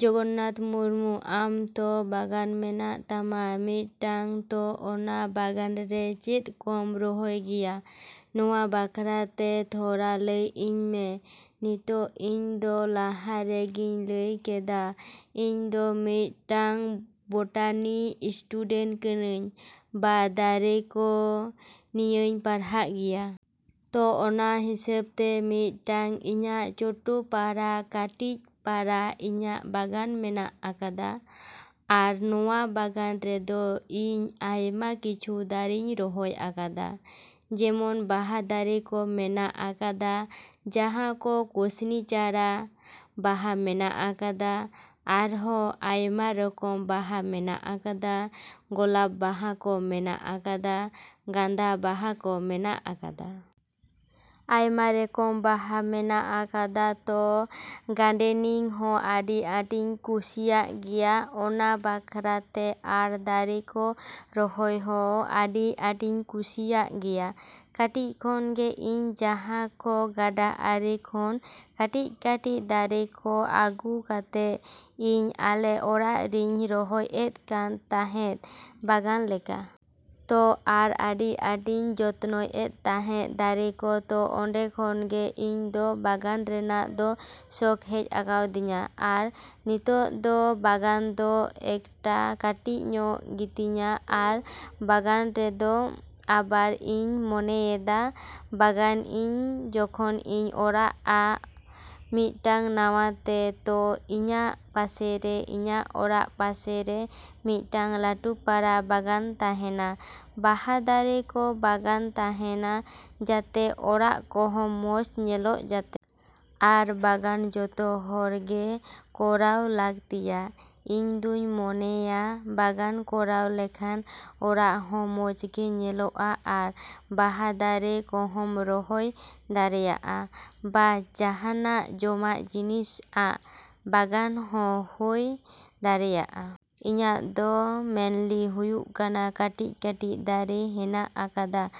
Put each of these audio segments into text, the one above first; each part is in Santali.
ᱡᱚᱜᱚᱱᱱᱟᱛᱷ ᱢᱩᱨᱢᱩ, ᱟᱢ ᱛᱚ ᱵᱟᱜᱟᱱ ᱢᱮᱱᱟᱜ ᱛᱟᱢᱟ ᱢᱤᱫᱴᱟᱝ ᱛᱚ ᱚᱱᱟ ᱵᱟᱜᱟᱱ ᱨᱮ ᱪᱮᱫ ᱠᱚᱢ ᱨᱚᱦᱚᱭ ᱜᱮᱭᱟ? ᱱᱚᱣᱟ ᱵᱟᱠᱷᱨᱟ ᱛᱮ ᱛᱷᱚᱲᱟ ᱞᱟᱹᱭ ᱤᱧ ᱢᱮ᱾ ᱱᱤᱛᱚᱜ ᱤᱧ ᱫᱚ ᱞᱟᱦᱟ ᱨᱮᱜᱤᱧ ᱞᱟᱹᱭ ᱠᱮᱫᱟ, ᱤᱧ ᱫᱚ ᱢᱤᱫᱴᱟᱝ ᱵᱚᱴᱟᱱᱤ ᱤᱥᱴᱩᱰᱮᱱᱴ ᱠᱟᱱᱟᱧ, ᱵᱟ ᱫᱟᱨᱮ ᱠᱚ ᱱᱤᱭᱟᱹᱧ ᱯᱟᱲᱦᱟᱜ ᱜᱮᱭᱟ᱾ ᱛᱚ ᱚᱱᱟ ᱦᱤᱥᱟᱹᱵ ᱛᱮ ᱢᱤᱫᱴᱟᱝ ᱤᱧᱟᱜ ᱪᱚᱴᱚ, ᱯᱟᱨᱟ, ᱠᱟᱹᱴᱤᱡ ᱯᱟᱨᱟ ᱤᱧᱟᱜ ᱵᱟᱜᱟᱱ ᱢᱮᱱᱟᱜ ᱟᱠᱟᱫᱟ᱾ ᱟᱨ ᱚᱱᱟ ᱵᱟᱜᱟᱱ ᱨᱮᱫᱚ ᱤᱧ ᱟᱭᱢᱟ ᱠᱤᱪᱷᱩ ᱫᱟᱨᱮᱧ ᱨᱚᱦᱚᱭ ᱟᱠᱟᱫᱟ, ᱡᱮᱢᱚᱱ ᱵᱟᱦᱟ ᱫᱟᱨᱮ ᱠᱚ ᱢᱮᱱᱟᱜ ᱟᱠᱟᱫᱟ, ᱡᱟᱦᱟᱸ ᱠᱚ ᱠᱩᱥᱱᱤ ᱪᱟᱨᱟ ᱵᱟᱦᱟ ᱢᱮᱱᱟᱜ ᱟᱠᱟᱫᱟ, ᱟᱨᱦᱚᱸ ᱟᱭᱢᱟ ᱨᱚᱠᱚᱢ ᱵᱟᱦᱟ ᱢᱮᱱᱟᱜ ᱟᱠᱟᱫᱟ, ᱜᱚᱞᱟᱯ ᱵᱟᱦᱟ ᱠᱚ ᱢᱮᱱᱟᱜ ᱟᱠᱟᱫᱟ, ᱜᱟᱸᱫᱟ ᱵᱟᱦᱟ ᱠᱚ ᱢᱮᱱᱟᱜ ᱟᱠᱟᱫᱟ᱾ ᱟᱭᱢᱟ ᱨᱚᱠᱚᱢ ᱵᱟᱦᱟ ᱢᱮᱱᱟᱜ ᱟᱠᱟᱫᱟ᱾ ᱛᱚ ᱜᱟᱰᱮᱱᱤᱝ ᱦᱚᱸ ᱟᱹᱰᱤ ᱟᱸᱴᱤᱧ ᱠᱩᱥᱤᱭᱟᱜ ᱜᱮᱭᱟ ᱚᱱᱟ ᱵᱟᱠᱷᱨᱟ ᱛᱮ ᱟᱨ ᱫᱟᱨᱮ ᱠᱚ ᱨᱚᱦᱚᱭ ᱦᱚᱸ ᱟᱹᱰᱤ ᱟᱸᱴᱤᱧ ᱠᱩᱥᱤᱭᱟᱜ ᱜᱮᱭᱟ᱾ ᱠᱟᱹᱴᱤᱡ ᱠᱷᱚᱱ ᱜᱮ ᱤᱧ ᱡᱟᱦᱟᱸ ᱠᱚ ᱜᱟᱰᱟ ᱟᱲᱮ ᱠᱷᱚᱱ ᱠᱟᱹᱴᱤᱡᱼᱠᱟᱹᱴᱤᱡ ᱫᱟᱨᱮ ᱠᱚ ᱟᱹᱜᱩ ᱠᱟᱛᱮᱫ, ᱤᱧ ᱟᱞᱮ ᱚᱲᱟᱜ ᱨᱤᱧ ᱨᱚᱦᱚᱭᱮᱫ ᱠᱟᱱ ᱛᱟᱦᱮᱸᱫ ᱵᱟᱜᱟᱱ ᱞᱮᱠᱟ᱾ ᱛᱚ ᱟᱨ ᱟᱹᱰᱤ ᱟᱸᱴᱤᱧ ᱡᱚᱛᱱᱚᱭᱮᱫ ᱛᱟᱦᱮᱸᱫ ᱫᱟᱨᱮ ᱠᱚ᱾ ᱛᱚ ᱚᱸᱰᱮ ᱠᱷᱚᱱ ᱜᱮ ᱤᱧ ᱫᱚ ᱵᱟᱜᱟᱱ ᱨᱮᱭᱟᱜ ᱫᱚ ᱥᱚᱠᱷ ᱦᱮᱡ ᱟᱠᱟᱫᱤᱧᱟ᱾ ᱟᱨ ᱱᱤᱛᱚᱜ ᱫᱚ ᱵᱟᱜᱟᱱ ᱫᱚ ᱮᱠᱴᱚ ᱠᱟᱹᱴᱤᱡ ᱧᱚᱜ ᱜᱮᱛᱤᱧᱟ᱾ ᱟᱨ ᱵᱟᱜᱟᱱ ᱨᱮᱫᱚ ᱟᱵᱟᱨ ᱤᱧ ᱢᱚᱱᱮᱭᱮᱫᱟ, ᱵᱟᱜᱟᱱᱤᱧ ᱡᱚᱠᱷᱚᱱ ᱤᱧ ᱚᱲᱟᱜᱼᱟ ᱢᱤᱫᱴᱟᱝ ᱱᱟᱶᱟ ᱛᱮ, ᱛᱚ ᱤᱧᱟᱜ ᱯᱟᱥᱮᱨᱮ, ᱤᱧᱟᱜ ᱚᱲᱟᱜ ᱯᱟᱥᱮᱨᱮ ᱢᱤᱫᱴᱟᱝ ᱞᱟᱹᱴᱩ ᱯᱟᱨᱟ ᱵᱟᱜᱟᱱ ᱛᱟᱦᱮᱱᱟ, ᱵᱟᱦᱟ ᱫᱟᱨᱮ ᱠᱚ ᱵᱟᱜᱟᱱ ᱛᱟᱦᱮᱱᱟ, ᱡᱟᱛᱮ ᱚᱲᱟᱜ ᱠᱚᱦᱚᱸ ᱢᱚᱡᱽ ᱧᱮᱞᱚᱜ ᱡᱟᱛᱮ᱾ ᱟᱨ ᱵᱟᱜᱟᱱ ᱡᱚᱛᱚ ᱦᱚᱲ ᱜᱮ ᱠᱚᱨᱟᱣ ᱞᱟᱹᱠᱛᱤᱭᱟ᱾ ᱤᱧ ᱫᱚᱧ ᱢᱚᱱᱮᱭᱟ, ᱵᱟᱜᱟᱱ ᱠᱚᱨᱟᱣ ᱞᱮᱠᱷᱟᱱ ᱚᱲᱟᱜ ᱦᱚᱸ ᱢᱚᱡᱽ ᱜᱮ ᱧᱮᱞᱚᱜᱼᱟ ᱟᱨ ᱵᱟᱦᱟ ᱫᱟᱨᱮ ᱠᱚᱦᱚᱸᱢ ᱨᱚᱦᱚᱭ ᱫᱟᱲᱮᱭᱟᱜᱼᱟ, ᱵᱟ ᱡᱟᱦᱟᱱᱟᱜ ᱡᱚᱢᱟᱜ ᱡᱤᱱᱤᱥ ᱟᱜ ᱵᱟᱜᱟᱱ ᱦᱚᱸ ᱦᱚᱭ ᱫᱟᱲᱮᱭᱟᱜᱼᱟ᱾ ᱤᱧᱟᱜ ᱫᱚ ᱢᱮᱱᱞᱤ ᱦᱚᱭᱚᱜ ᱠᱟᱱᱟ ᱠᱟᱹᱴᱤᱡᱼᱠᱟᱹᱴᱤᱡ ᱫᱟᱨᱮ ᱦᱮᱱᱟᱜ ᱟᱠᱟᱫᱟ,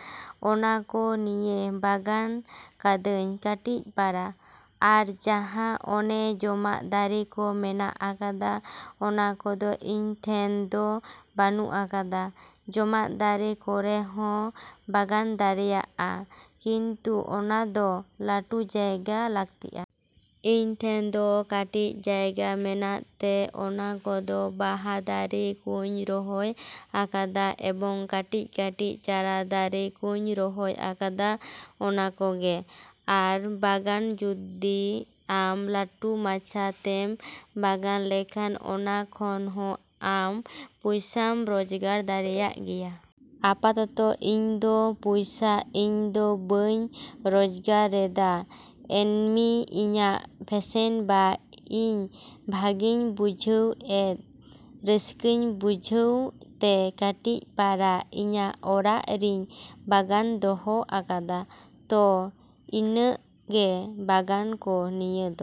ᱚᱱᱟ ᱠᱚ ᱱᱤᱭᱮ ᱵᱟᱜᱟᱱ ᱠᱟᱫᱟᱹᱧ ᱠᱟᱹᱴᱤᱡ ᱯᱟᱨᱟ᱾ ᱟᱨ ᱡᱟᱦᱟᱸ ᱚᱱᱮ ᱡᱚᱢᱟᱜ ᱫᱟᱨᱮ ᱠᱚ ᱢᱮᱱᱟᱜ ᱟᱠᱟᱫᱟ, ᱚᱱᱟ ᱠᱚᱫᱚ ᱤᱧ ᱴᱷᱮᱱ ᱫᱚ ᱵᱟᱹᱱᱩᱜ ᱟᱠᱟᱫᱟ᱾ ᱡᱚᱢᱟᱜ ᱫᱟᱨᱮ ᱠᱚᱨᱮ ᱦᱚᱸ ᱵᱟᱜᱟᱱ ᱫᱟᱲᱮᱭᱟᱜᱼᱟ, ᱠᱤᱱᱛᱩ ᱚᱱᱟ ᱫᱚ ᱞᱟᱹᱴᱩ ᱡᱟᱭᱜᱟ ᱞᱟᱹᱠᱛᱤᱜᱼᱟ᱾ ᱤᱧ ᱴᱷᱮᱱ ᱫᱚ ᱠᱟᱹᱴᱤᱡ ᱡᱟᱭᱜᱟ ᱢᱮᱱᱟᱜ ᱛᱮ ᱚᱱᱟ ᱠᱚᱫᱚ ᱵᱟᱦᱟ ᱫᱟᱨᱮ ᱠᱚᱧ ᱨᱚᱦᱚᱭ ᱟᱠᱟᱫᱟ ᱮᱵᱚᱝ ᱠᱟᱹᱴᱤᱡᱼᱠᱟᱹᱴᱤᱡ ᱪᱟᱨᱟ ᱫᱟᱨᱮ ᱠᱚᱧ ᱨᱚᱦᱚᱭ ᱟᱠᱟᱫᱟ ᱚᱱᱟ ᱠᱚᱜᱮ᱾ ᱟᱨ ᱵᱟᱜᱟᱱ ᱡᱩᱫᱤ ᱟᱢ ᱞᱟᱹᱴᱩ ᱢᱟᱪᱷᱟ ᱛᱮᱢ ᱵᱟᱜᱟᱱ ᱞᱮᱠᱷᱟᱱ, ᱚᱱᱟ ᱠᱷᱚᱱ ᱦᱚᱸ ᱟᱢ ᱯᱚᱭᱥᱟᱢ ᱨᱚᱡᱜᱟᱨ ᱫᱟᱲᱮᱭᱟᱜ ᱜᱮᱭᱟ᱾ ᱟᱯᱟᱛᱚᱛᱚ ᱤᱧ ᱫᱚ ᱯᱚᱭᱥᱟ ᱤᱧ ᱫᱚ ᱵᱟᱹᱧ ᱨᱚᱡᱜᱟᱨᱮᱫᱟ, ᱮᱢᱱᱤ ᱤᱧᱟᱜ ᱯᱷᱮᱥᱮᱱ ᱵᱟ ᱤᱧ ᱵᱷᱟᱜᱮᱧ ᱵᱩᱡᱷᱟᱹᱣ ᱛᱮ, ᱨᱟᱹᱥᱠᱟᱹᱧ ᱵᱩᱡᱷᱟᱹᱣ ᱛᱮ ᱠᱟᱹᱴᱤᱡ ᱯᱟᱨᱟ ᱤᱧᱟᱜ ᱚᱲᱟᱜ ᱨᱤᱧ ᱵᱟᱜᱟᱱ ᱫᱚᱦᱚ ᱟᱠᱟᱫᱟ᱾ ᱛᱚ ᱤᱱᱟᱹᱜ ᱜᱮ ᱵᱟᱜᱟᱱ ᱠᱚ ᱱᱤᱭᱮ ᱫᱚ᱾